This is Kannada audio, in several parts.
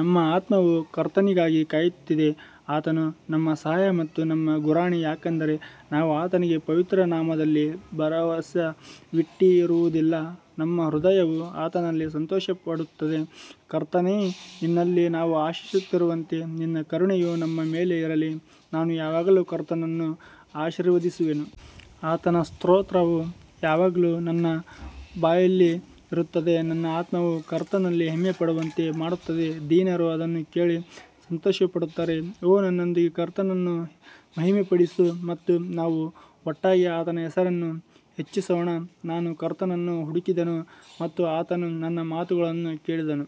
ನಮ್ಮ ಆತ್ಮವು ಕರ್ತನಿಗಾಗಿ ಕಾಯುತ್ತಿದೆ ಆತನು ನಮ್ಮ ಸಹಾಯ ಮತ್ತು ನಮ್ಮ ಗುರಾಣಿ ಯಾಕಂದರೆ ನಾವು ಆತನ ಪವಿತ್ರ ನಾಮದಲ್ಲಿ ಭರವಸವಿಟ್ಟಿರುವುದರಿಂದ ನಮ್ಮ ಹೃದಯವು ಆತನಲ್ಲಿ ಸಂತೋಷಪಡುತ್ತದೆ ಕರ್ತನೇ, ನಿನ್ನಲ್ಲಿ ನಾವು ಆಶಿಸುತ್ತಿರುವಂತೆ ನಿನ್ನ ಕರುಣೆಯು ನಮ್ಮ ಮೇಲೆ ಇರಲಿ ನಾನು ಯಾವಾಗಲೂ ಕರ್ತನನ್ನು ಆಶೀರ್ವದಿಸುವೆನು, ಆತನ ಸ್ತೋತ್ರವು ಯಾವಾಗಲೂ ನನ್ನ ಬಾಯಲ್ಲಿ ಇರುತ್ತದೆ ನನ್ನ ಆತ್ಮವು ಕರ್ತನಲ್ಲಿ ಹೆಮ್ಮೆಪಡುವಂತೆ ಮಾಡುತ್ತದೆ, ದೀನರು ಅದನ್ನು ಕೇಳಿ ಸಂತೋಷಪಡುತ್ತಾರೆ ಓ ನನ್ನೊಂದಿಗೆ ಕರ್ತನನ್ನು ಮಹಿಮೆಪಡಿಸು ಮತ್ತು ನಾವು ಒಟ್ಟಾಗಿ ಆತನ ಹೆಸರನ್ನು ಹೆಚ್ಚಿಸೋಣ ನಾನು ಕರ್ತನನ್ನು ಹುಡುಕಿದೆನು ಮತ್ತು ಆತನು ನನ್ನ ಮಾತುಗಳನ್ನು ಕೇಳಿದನು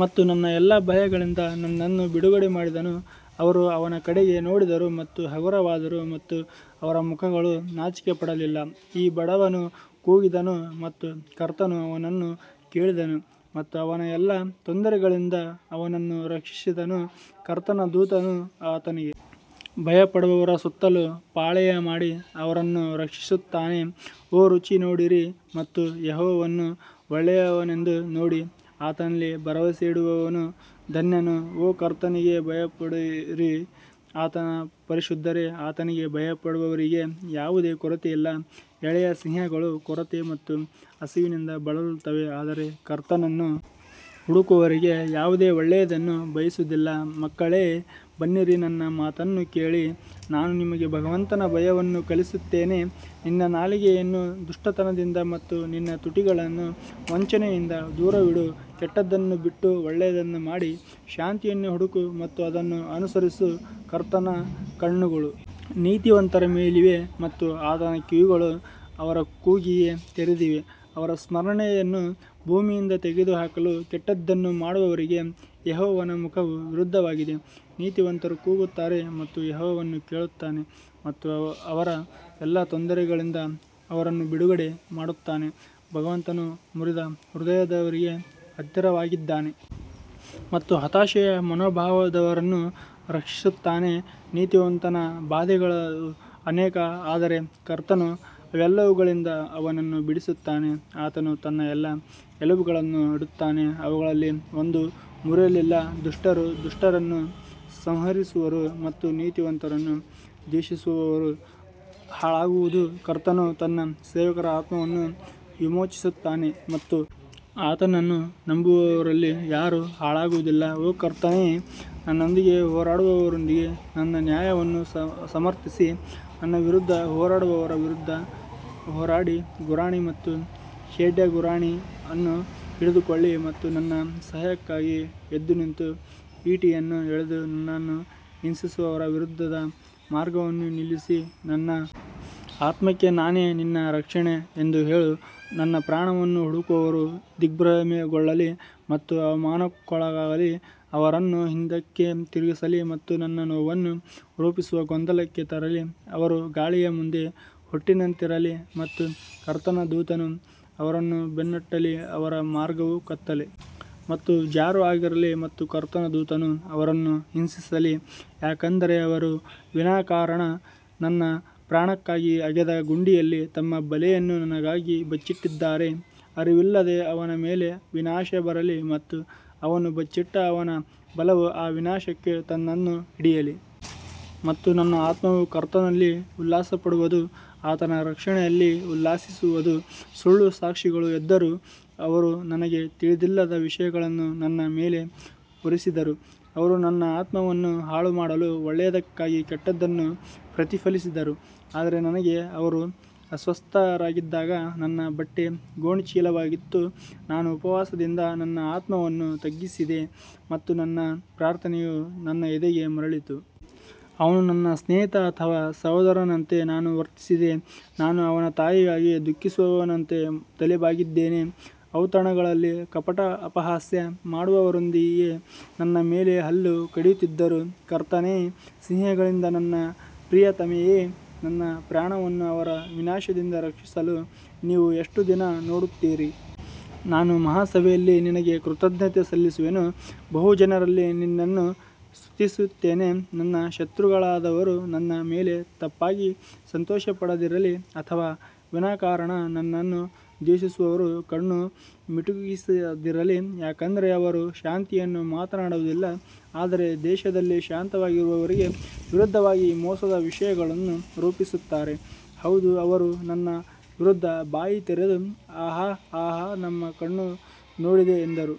ಮತ್ತು ನನ್ನ ಎಲ್ಲಾ ಭಯಗಳಿಂದ ನನ್ನನ್ನು ಬಿಡುಗಡೆ ಮಾಡಿದನು ಅವರು ಅವನ ಕಡೆಗೆ ನೋಡಿದರು ಮತ್ತು ಹಗುರವಾದರು ಮತ್ತು ಅವರ ಮುಖಗಳು ನಾಚಿಕೆಪಡಲಿಲ್ಲ ಈ ಬಡವನು ಕೂಗಿದನು ಮತ್ತು ಕರ್ತನು ಅವನನ್ನು ಕೇಳಿದನು ಮತ್ತು ಅವನ ಎಲ್ಲಾ ತೊಂದರೆಗಳಿಂದ ಅವನನ್ನು ರಕ್ಷಿಸಿದನು ಕರ್ತನ ದೂತನು ಆತನಿಗೆ ಭಯಪಡುವವರ ಸುತ್ತಲೂ ಪಾಳೆಯ ಮಾಡಿ ಅವರನ್ನು ರಕ್ಷಿಸುತ್ತಾನೆ ಓ ರುಚಿ ನೋಡಿರಿ ಮತ್ತು ಯೆಹೋವನು ಒಳ್ಳೆಯವನೆಂದು ನೋಡಿ ಆತನಲ್ಲಿ ಭರವಸೆಯಿಡುವವನು ಧನ್ಯನು ಓ ಕರ್ತನಿಗೆ ಭಯಪಡಿರಿ, ಆತನ ಪರಿಶುದ್ಧರೇ ಆತನಿಗೆ ಭಯಪಡುವವರಿಗೆ ಯಾವುದೇ ಕೊರತೆಯಿಲ್ಲ ಎಳೆಯ ಸಿಂಹಗಳು ಕೊರತೆ ಮತ್ತು ಹಸಿವಿನಿಂದ ಬಳಲುತ್ತವೆ ಆದರೆ ಕರ್ತನನ್ನು ಹುಡುಕುವವರಿಗೆ ಯಾವುದೇ ಒಳ್ಳೆಯದನ್ನು ಬಯಸುವುದಿಲ್ಲ ಮಕ್ಕಳೇ ಬನ್ನಿರಿ ನನ್ನ ಮಾತನ್ನು ಕೇಳಿ ನಾನು ನಿಮಗೆ ಭಗವಂತನ ಭಯವನ್ನು ಕಲಿಸುತ್ತೇನೆ ನಿನ್ನ ನಾಲಿಗೆಯನ್ನು ದುಷ್ಟತನದಿಂದ ಮತ್ತು ನಿನ್ನ ತುಟಿಗಳನ್ನು ವಂಚನೆಯಿಂದ ದೂರವಿಡು ಕೆಟ್ಟದ್ದನ್ನು ಬಿಟ್ಟು ಒಳ್ಳೆಯದನ್ನು ಮಾಡಿ ಶಾಂತಿಯನ್ನು ಹುಡುಕು ಮತ್ತು ಅದನ್ನು ಅನುಸರಿಸು ಕರ್ತನ ಕಣ್ಣುಗಳು ನೀತಿವಂತರ ಮೇಲಿವೆ ಮತ್ತು ಆತನ ಕಿವಿಗಳು ಅವರ ಕೂಗಿಗೆ ತೆರೆದಿವೆ ಅವರ ಸ್ಮರಣೆಯನ್ನು ಭೂಮಿಯಿಂದ ತೆಗೆದುಹಾಕಲು ಕೆಟ್ಟದ್ದನ್ನು ಮಾಡುವವರಿಗೆ ಯೆಹೋವನ ಮುಖವು ವಿರುದ್ಧವಾಗಿದೆ ನೀತಿವಂತರು ಕೂಗುತ್ತಾರೆ ಮತ್ತು ಯೆಹೋವನು ಕೇಳುತ್ತಾನೆ ಮತ್ತು ಅವರ ಎಲ್ಲಾ ತೊಂದರೆಗಳಿಂದ ಅವರನ್ನು ಬಿಡುಗಡೆ ಮಾಡುತ್ತಾನೆ ಭಗವಂತನು ಮುರಿದ ಹೃದಯದವರಿಗೆ ಹತ್ತಿರವಾಗಿದ್ದಾನೆ ಮತ್ತು ಹತಾಶೆಯ ಮನೋಭಾವದವರನ್ನು ರಕ್ಷಿಸುತ್ತಾನೆ ನೀತಿವಂತನ ಬಾಧೆಗಳು ಅನೇಕ ಆದರೆ ಕರ್ತನು ಅವೆಲ್ಲವುಗಳಿಂದ ಅವನನ್ನು ಬಿಡಿಸುತ್ತಾನೆ ಆತನು ತನ್ನ ಎಲ್ಲಾ ಎಲುಬುಗಳನ್ನು ಇಡುತ್ತಾನೆ ಅವುಗಳಲ್ಲಿ ಒಂದೂ ಮುರಿಯಲಿಲ್ಲ ದುಷ್ಟರು ದುಷ್ಟರನ್ನು ಸಂಹರಿಸುವರು ಮತ್ತು ನೀತಿವಂತರನ್ನು ದ್ವೇಷಿಸುವವರು ಹಾಳಾಗುವರು ಕರ್ತನು ತನ್ನ ಸೇವಕರ ಆತ್ಮವನ್ನು ವಿಮೋಚಿಸುತ್ತಾನೆ ಮತ್ತು ಆತನನ್ನು ನಂಬುವವರಲ್ಲಿ ಯಾರೂ ಹಾಳಾಗುವುದಿಲ್ಲ ಓ ಕರ್ತನೇ, ನನ್ನೊಂದಿಗೆ ಹೋರಾಡುವವರೊಂದಿಗೆ ನನ್ನ ನ್ಯಾಯವನ್ನು ಸಮರ್ಥಿಸಿ, ನನ್ನ ವಿರುದ್ಧ ಹೋರಾಡುವವರ ವಿರುದ್ಧ ಹೋರಾಡಿ ಗುರಾಣಿ ಮತ್ತು ಖೇಡ್ಯಗುರಾಣಿ ಅನ್ನು ಹಿಡಿದುಕೊಳ್ಳಿ ಮತ್ತು ನನ್ನ ಸಹಾಯಕ್ಕಾಗಿ ಎದ್ದುನಿಂತು ಈಟಿಯನ್ನು ಎಳೆದು ನನ್ನನ್ನು ಹಿಂಸಿಸುವವರ ವಿರುದ್ಧದ ಮಾರ್ಗವನ್ನು ನಿಲ್ಲಿಸಿ ನನ್ನ ಆತ್ಮಕ್ಕೆ ನಾನೇ ನಿನ್ನ ರಕ್ಷಣೆ ಎಂದು ಹೇಳು ನನ್ನ ಪ್ರಾಣವನ್ನು ಹುಡುಕುವವರು ದಿಗ್ಭ್ರಮೆಗೊಳ್ಳಲಿ ಮತ್ತು ಅವಮಾನಕ್ಕೊಳಗಾಗಲಿ, ಅವರನ್ನು ಹಿಂದಕ್ಕೆ ತಿರುಗಿಸಲಿ ಮತ್ತು ನನ್ನ ನೋವನ್ನು ರೂಪಿಸುವ ಗೊಂದಲಕ್ಕೆ ತರಲಿ ಅವರು ಗಾಳಿಯ ಮುಂದೆ ಹೊಟ್ಟಿನಂತಿರಲಿ ಮತ್ತು ಕರ್ತನ ದೂತನು ಅವರನ್ನು ಬೆನ್ನಟ್ಟಲಿ ಅವರ ಮಾರ್ಗವು ಕತ್ತಲೆ ಮತ್ತು ಜಾರು ಆಗಿರಲಿ ಮತ್ತು ಕರ್ತನ ದೂತನು ಅವರನ್ನು ಹಿಂಸಿಸಲಿ ಯಾಕಂದರೆ ಅವರು ವಿನಾಕಾರಣ ನನ್ನ ಪ್ರಾಣಕ್ಕಾಗಿ ಅಗೆದ ಗುಂಡಿಯಲ್ಲಿ ತಮ್ಮ ಬಲೆಯನ್ನು ನನಗಾಗಿ ಬಚ್ಚಿಟ್ಟಿದ್ದಾರೆ ಅರಿವಿಲ್ಲದೆ ಅವನ ಮೇಲೆ ವಿನಾಶ ಬರಲಿ ಮತ್ತು ಅವನು ಬಚ್ಚಿಟ್ಟ ಅವನ ಬಲವು ಆ ವಿನಾಶಕ್ಕೆ ತನ್ನನ್ನು ಹಿಡಿಯಲಿ ಮತ್ತು ನನ್ನ ಆತ್ಮವು ಕರ್ತನಲ್ಲಿ ಉಲ್ಲಾಸಪಡುವದು ಆತನ ರಕ್ಷಣೆಯಲ್ಲಿ ಉಲ್ಲಾಸಿಸುವದು ಸುಳ್ಳು ಸಾಕ್ಷಿಗಳು ಎದ್ದರು, ಅವರು ನನಗೆ ತಿಳಿದಿಲ್ಲದ ವಿಷಯಗಳನ್ನು ನನ್ನ ಮೇಲೆ ಹೊರಿಸಿದರು ಅವರು ನನ್ನ ಆತ್ಮವನ್ನು ಹಾಳುಮಾಡಲು ಒಳ್ಳೆಯದಕ್ಕಾಗಿ ಕೆಟ್ಟದ್ದನ್ನು ಪ್ರತಿಫಲಿಸಿದರು ಆದರೆ ನನಗೆ ಅವರು ಅಸ್ವಸ್ಥರಾಗಿದ್ದಾಗ ನನ್ನ ಬಟ್ಟೆ ಗೋಣಿಚೀಲವಾಗಿತ್ತು, ನಾನು ಉಪವಾಸದಿಂದ ನನ್ನ ಆತ್ಮವನ್ನು ತಗ್ಗಿಸಿದೆ ಮತ್ತು ನನ್ನ ಪ್ರಾರ್ಥನೆಯು ನನ್ನ ಎದೆಗೆ ಮರಳಿತು. ಅವನು ನನ್ನ ಸ್ನೇಹಿತ ಅಥವಾ ಸಹೋದರನಂತೆ ನಾನು ವರ್ತಿಸಿದೆ, ನಾನು ಅವನ ತಾಯಿಗಾಗಿ ದುಃಖಿಸುವವನಂತೆ ತಲೆಬಾಗಿದ್ದೇನೆ ಔತಣಗಳಲ್ಲಿ ಕಪಟ ಅಪಹಾಸ್ಯ ಮಾಡುವವರೊಂದಿಗೆ ನನ್ನ ಮೇಲೆ ಹಲ್ಲು ಕಡಿಯುತ್ತಿದ್ದರು ಕರ್ತನೇ, ಸಿಂಹಗಳಿಂದ ನನ್ನ ಪ್ರಿಯತಮೆಯೇ, ನನ್ನ ಪ್ರಾಣವನ್ನು ಅವರ ವಿನಾಶದಿಂದ ರಕ್ಷಿಸಲು ನೀವು ಎಷ್ಟು ದಿನ ನೋಡುತ್ತೀರಿ ನಾನು ಮಹಾಸಭೆಯಲ್ಲಿ ನಿನಗೆ ಕೃತಜ್ಞತೆ ಸಲ್ಲಿಸುವೆನು, ಬಹುಜನರಲ್ಲಿ ನಿನ್ನನ್ನು ಸ್ತುತಿಸುತ್ತೇನೆ ನನ್ನ ಶತ್ರುಗಳಾದವರು ನನ್ನ ಮೇಲೆ ತಪ್ಪಾಗಿ ಸಂತೋಷಪಡದಿರಲಿ ಅಥವಾ ವಿನಾಕಾರಣ ನನ್ನನ್ನು ದ್ವೇಷಿಸುವವರು ಕಣ್ಣು ಮಿಟುಕಿಸದಿರಲಿ ಯಾಕಂದರೆ ಅವರು ಶಾಂತಿಯನ್ನು ಮಾತನಾಡುವುದಿಲ್ಲ ಆದರೆ ದೇಶದಲ್ಲಿ ಶಾಂತವಾಗಿರುವವರಿಗೆ ವಿರುದ್ಧವಾಗಿ ಮೋಸದ ವಿಷಯಗಳನ್ನು ರೂಪಿಸುತ್ತಾರೆ ಹೌದು ಅವರು ನನ್ನ ವಿರುದ್ಧ ಬಾಯಿ ತೆರೆದು ಆಹಾ ಆಹಾ ನಮ್ಮ ಕಣ್ಣು ನೋಡಿದೆ ಎಂದರು.